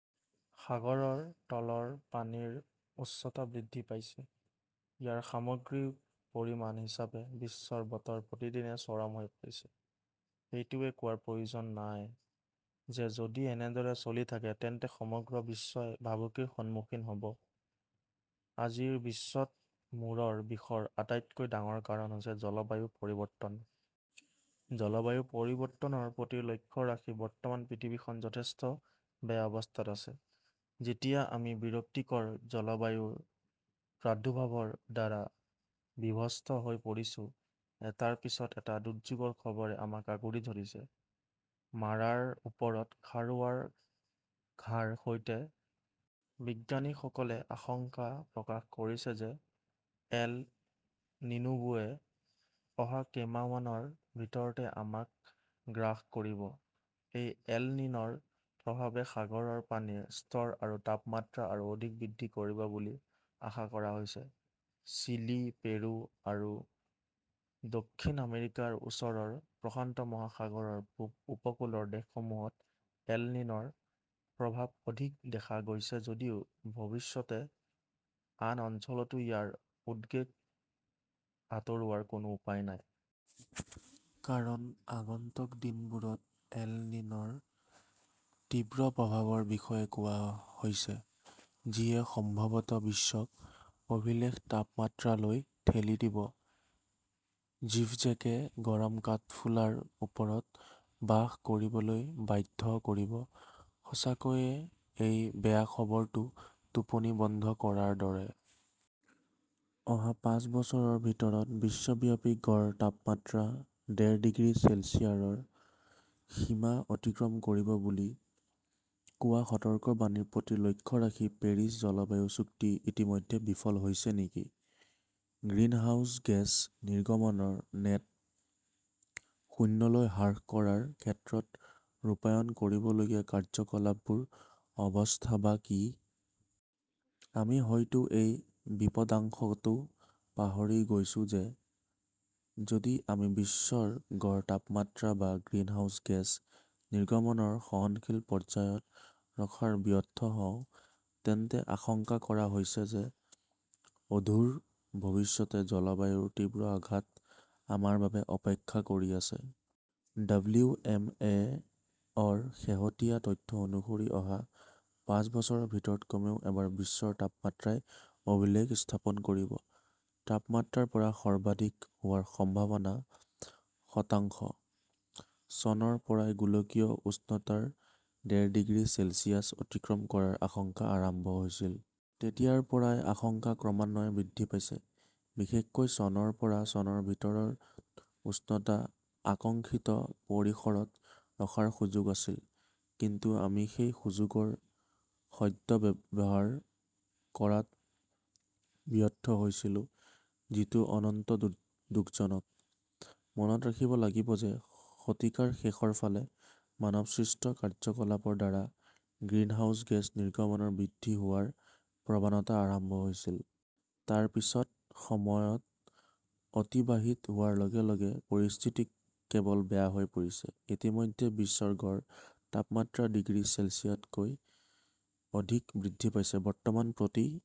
সাগৰৰ তলৰ পানীৰ উচ্চতা বৃদ্ধি পাইছে। ইয়াৰ সামগ্ৰিক পৰিণাম হিচাপে, বিশ্বৰ বতৰ প্ৰতিদিনে 'চৰম "হৈ পৰিছে। এইটো কোৱাৰ প্ৰয়োজন নাই যে যদি এনেদৰে চলি থাকে তেন্তে সমগ্ৰ বিশ্বই ভাবুকিৰ সন্মুখীন হ 'ব। আজিৰ বিশ্বত মূৰৰ বিষৰ আটাইতকৈ ডাঙৰ কাৰণ হৈছে 'জলবায়ু পৰিৱৰ্তন "। জলবায়ু পৰিৱৰ্তনৰ প্ৰতি লক্ষ্য ৰাখি বৰ্তমান পৃথিৱীখন যথেষ্ট বেয়া অৱস্থাত আছে। যেতিয়া আমি বিৰক্তিকৰ জলবায়ুৰ প্ৰাদুৰ্ভাৱৰ দ্বাৰা বিধ্বস্ত হৈ পৰিছো, এটাৰ পিছত এটা দুৰ্যোগৰ খবৰে আমাক আগুৰি ধৰিছে, মাৰাৰ ওপৰত খাৰুৱাৰ ঘাঁৰ সৈতে! বিজ্ঞানীসকলে আশংকা প্ৰকাশ কৰিছে যে এল নিনোৱে অহা কেইমাহমানৰ ভিতৰতে আমাক গ্ৰাস কৰিব। এই এল নিন "ৰ প্ৰভাৱে সাগৰৰ পানীৰ স্তৰ আৰু তাপমাত্ৰা আৰু অধিক বৃদ্ধি কৰিব বুলি আশা কৰা হৈছে। চিলি, পেৰু আৰু দক্ষিণ আমেৰিকাৰ ওচৰৰ প্ৰশান্ত মহাসাগৰৰ পূব উপকূলৰ দেশসমূহত এল নিন "ৰ প্ৰভাৱ অধিক দেখা গৈছে যদিও ভৱিষ্যতে আন অঞ্চলতো ইয়াৰ উদ্বেগ আঁতৰোৱাৰ কোনো উপায় নাই! কাৰণ, আগন্তুক দিনবোৰত এল নিন "ৰ তীব্ৰ প্ৰভাৱৰ বিষয়ে কোৱা হৈছে, যিয়ে সম্ভৱতঃ বিশ্বক অভিলেখ তাপমাত্ৰালৈ ঠেলি দিব। জিভজেকে গৰম কাঠফুলাৰ ওপৰত বাস কৰিবলৈ বাধ্য কৰিব। সঁচাকৈয়ে, এই বেয়া খবৰটো টোপনি বন্ধ কৰাৰ দৰে! অহা পাঁচ বছৰৰ ভিতৰত বিশ্বব্যাপী গড় তাপমাত্ৰা ডেৰ ডিগ্ৰী চেলছিয়াছৰ সীমা অতিক্ৰম কৰিব বুলি কোৱা সতৰ্কবাণীৰ প্ৰতি লক্ষ্য ৰাখি, 'পেৰিছ জলবায়ু চুক্তি' ইতিমধ্যে বিফল হৈছে নেকি? গ্ৰীণহাউছ গেছ নিৰ্গমন নেট শূন্যলৈ হ্ৰাস কৰাৰ ক্ষেত্ৰত ৰূপায়ণ কৰিবলগীয়া কাৰ্যকলাপবোৰৰ অৱস্থা-বা কি? আমি হয়তো এই বিপদাশংকাটো পাহৰি গৈছো যে যদি আমি বিশ্বৰ গড় তাপমাত্ৰা বা গ্ৰিনহাউজ গেছ নিৰ্গমন সহনশীল পৰ্যায়ত ৰখাত ব্যৰ্থ হওঁ, তেন্তে আশংকা কৰা হৈছে যে অদূৰ ভৱিষ্যতে 'জলবায়ুৰ তীব্ৰ আঘাত "আমাৰ বাবে অপেক্ষা কৰি আছে। ডব্লিউ. এম. অ '. -ৰ শেহতীয়া তথ্য অনুসৰি অহা পাঁচ বছৰৰ ভিতৰত কমেও এবাৰ বিশ্বৰ তাপমাত্ৰাই' অভিলেখ "স্থাপন কৰিব! তাপমাত্ৰাৰ পাৰা সৰ্বাধিক হোৱাৰ সম্ভাৱনা শতাংশ! চনৰ পৰাই গোলকীয় উষ্ণতা ডেৰ ডিগ্ৰী চেলছিয়াছ অতিক্ৰম কৰাৰ আশংকা আৰম্ভ হৈছিল। তেতিয়াৰ পৰা আশংকা ক্ৰমান্বয়ে বৃদ্ধি পাইছে। বিশেষকৈ চনৰ পৰা চনৰ ভিতৰত উষ্ণতা আকাংক্ষিত পৰিসৰত ৰখাৰ সুযোগ আছিল, কিন্তু আমি সেই সুযোগৰ সদ্ব্যৱহাৰ কৰাত ব্যৰ্থ হৈছিলো, যিটো অত্যন্ত দুখজনক। মনত ৰাখিব লাগিব যে শতিকাৰ শেষৰ ফালে মানৱসৃষ্ট কাৰ্যকলাপৰ দ্বাৰা গ্ৰীণহাউছ গেছ নিৰ্গমন বৃদ্ধি হোৱাৰ প্ৰৱণতা আৰম্ভ হৈছিল। তাৰ পিছত সময় অতিবাহিত হোৱাৰ লগে লগে পৰিস্থিতি কেৱল বেয়া হৈ পৰিছিল। ইতিমধ্যে বিশ্বৰ গড় তাপমাত্ৰা ডিগ্ৰী চেলছিয়াছতকৈ অধিক বৃদ্ধি পাইছে। বৰ্তমান প্ৰতি